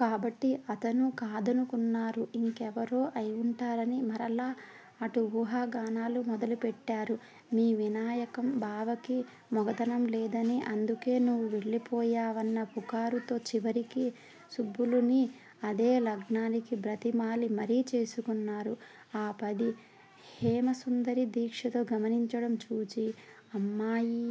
కాబట్టి అతనూ కాదనుకున్నారు ఇంకెవరో అయివుంటారని మరలా అటు ఊహాగానాలు మొదలుపెట్టారు. మీ వినాయకం బావకి మొగతనం లేదని, అందుకే నువ్వు వెళ్ళిపోయావన్న పుకారుతో చివరికి సుబ్బులుని అదే లగ్నానికి బ్రతిమాలి మరీ చేసుకున్నారు. ఆ పది హేమసుందరి దీక్షతో గమనించడం చూచి, '' అమ్మాయీ!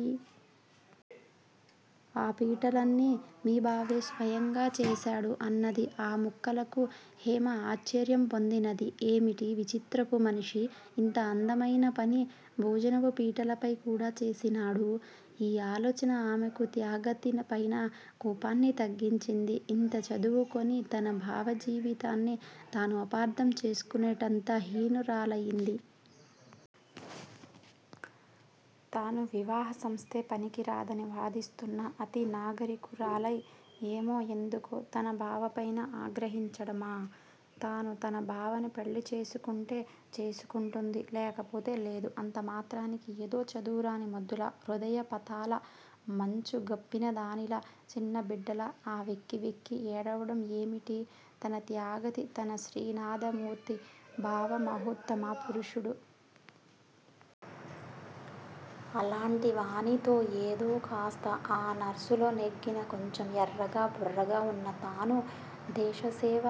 ఆ పీటలన్నీ మీ బావే స్వయంగా చేశాడు'' అన్నది. ఆ ముక్కలకు హేమ ఆశ్చర్యం పొందినది. ఏమిటీ విచిత్రపు మనిషి, ఇంత అందమైనపని భోజనపు పీటలపై కూడా చేసినాడు! ఈ ఆలోచన ఆమెకు త్యాగతిపైన కోపాన్ని తగ్గించింది. ఇంత చదువుకొని, తన బావ జీవితాన్ని తాను అపార్థం చేసుకునేటంత హీనురాలయింది. తాను వివాహసంస్థే పనికిరాదని వాదిస్తూన్న అతి నాగరికురాలై, ఏమో ఎందుకో తన బావపైన ఆగ్రహించడమా? తాను తన బావను పెళ్ళిచేసుకుంటే చేసుకుంటుంది, లేకపోతే లేదు. అంతమాత్రానికి ఏదో చదువురాని మొద్దులా, హృదయపథాల మంచు గప్పినదానిలా, చిన్న బిడ్డలా ఆ వెక్కి వెక్కి ఏడవడం ఏమిటి? తన త్యాగతి, తన శ్రీనాథమూర్తి బావ మహోత్తమ పురుషుడు. అలాంటివానితో ఏదో కాస్త ఆనర్సులో నెగ్గిన కొంచెం ఎర్రగా బుర్రగా ఉన్న తాను, దేశసేవ,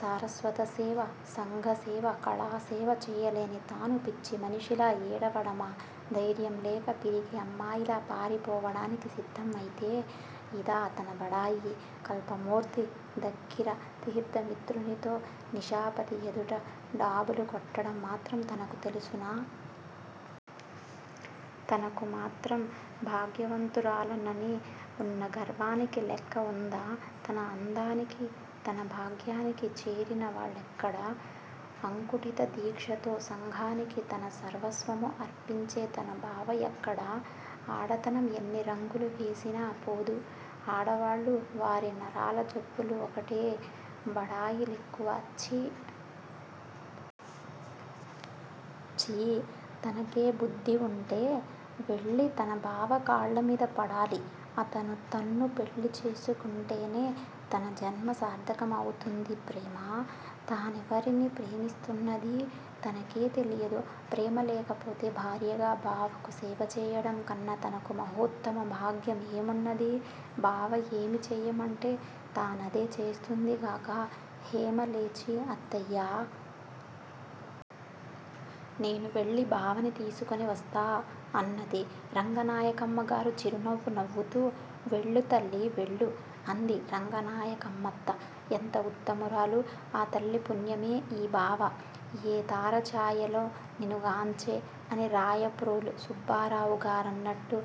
సారస్వతసేవ, సంఘసేవ, కళాసేవ చేయలేని తాను, పిచ్చిమనిషిలా ఏడవడమా? ధైర్యంలేక, పిరికి అమ్మాయిలా పారిపోవడానికి సిద్దం అయితే! ఇదా తనబడాయి? కల్పమూర్తి దగ్గిర, తీర్థమిత్రునితో, నిశాపతి ఎదుట డాబులు కొట్టడం మాత్రం తనకు తెలుసునా? తనకు మాత్రం భాగ్యవంతురాలనని ఉన్న గర్వానికి లెక్కవుందా? తన అందానికీ, తన భాగ్యానికీ చేరిన వాళ్ళెక్కడ! అంకుఠితదీక్షతో సంఘానికి తన సర్వస్వము అర్పించే తన బావ ఎక్కడ! ఆడతనం ఎన్ని రంగులు వేసినా పోదు! ఆడవాళ్ళూ, వారి నరాల జబ్బులూ ఒకటే! బడాయి లెక్కువ! ఛీ! ఛీ! తనకే బుద్దివుంటే, వెళ్ళి తన బావ కాళ్ళమీదపడాలి. అతను తన్ను పెళ్ళిచేసుకుంటేనే తన జన్మసార్ధకం అవుతుంది. ప్రేమా? తానెవరిని ప్రేమిస్తున్నదీ తనకే తెలియదు. ప్రేమ లేకపోతే భార్యగా బావకు సేవచేయడంకన్న తనకు మహోత్తమ భాగ్యం ఏమున్నది? బావ ఏమి చేయమంటే తానదే చేస్తుందిగాక! హేమ లేచి '' అత్తయ్యా! నేను వెళ్ళి బావను తీసుకొని వస్తా '' అన్నది. రంగనాయకమ్మగారు చిరునవ్వు నవ్వుతూ '' వెళ్ళు తల్లీ వెళ్ళు '' అంది. రంగనాయకమ్మత్త ఎంత ఉత్తమురాలు. ఆ తల్లి పుణ్యమే ఈ బావ! '' ఏ తార చాయలో నినుగాంచె'' అని రాయప్రోలు సుబ్బారావుగారన్నట్లు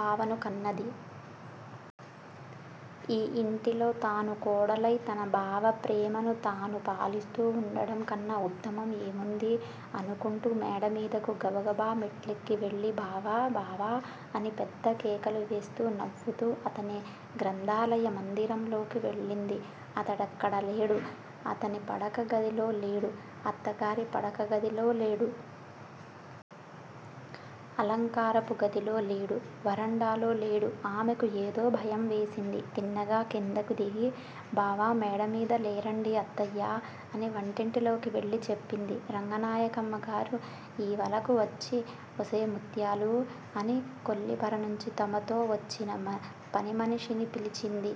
బావను కన్నది. ఈ ఇంటిలో తాను కోడలై తన బావ ప్రేమను తాను పాలిస్తూ వుండడంకన్న ఉత్తమం ఏముంది? అనుకుంటూ మేడమీడకు గబగబ మెట్లెక్కి వెళ్ళి '' బావా! బావా! '' అని పెద్దకేకలువేస్తూ, నవ్వుతూ అతని గ్రంథాలయ మందిరంలోకి వెళ్ళింది. అతడక్కడలేడు. అతని పడక గదిలో లేడు, అత్తగారి పడకగదిలో లేడు. అలంకారపు గదిలో లేడు. వరండాలో లేడు. ఆమెకు ఏదో భయం వేసింది తిన్నగా క్రిందకు దిగి, '' బావ మేడమీద లేరండీ అత్తయ్యా? '' అని వంటింటిలోకి వెళ్ళి చెప్పింది. రంగనాయకమ్మగారు ఈవలకు వచ్చి ''ఒసే ముత్యాలూ! '' అని కొల్లిపరనుంచి తమతో వచ్చిన పనిమనిషిని పిలిచింది.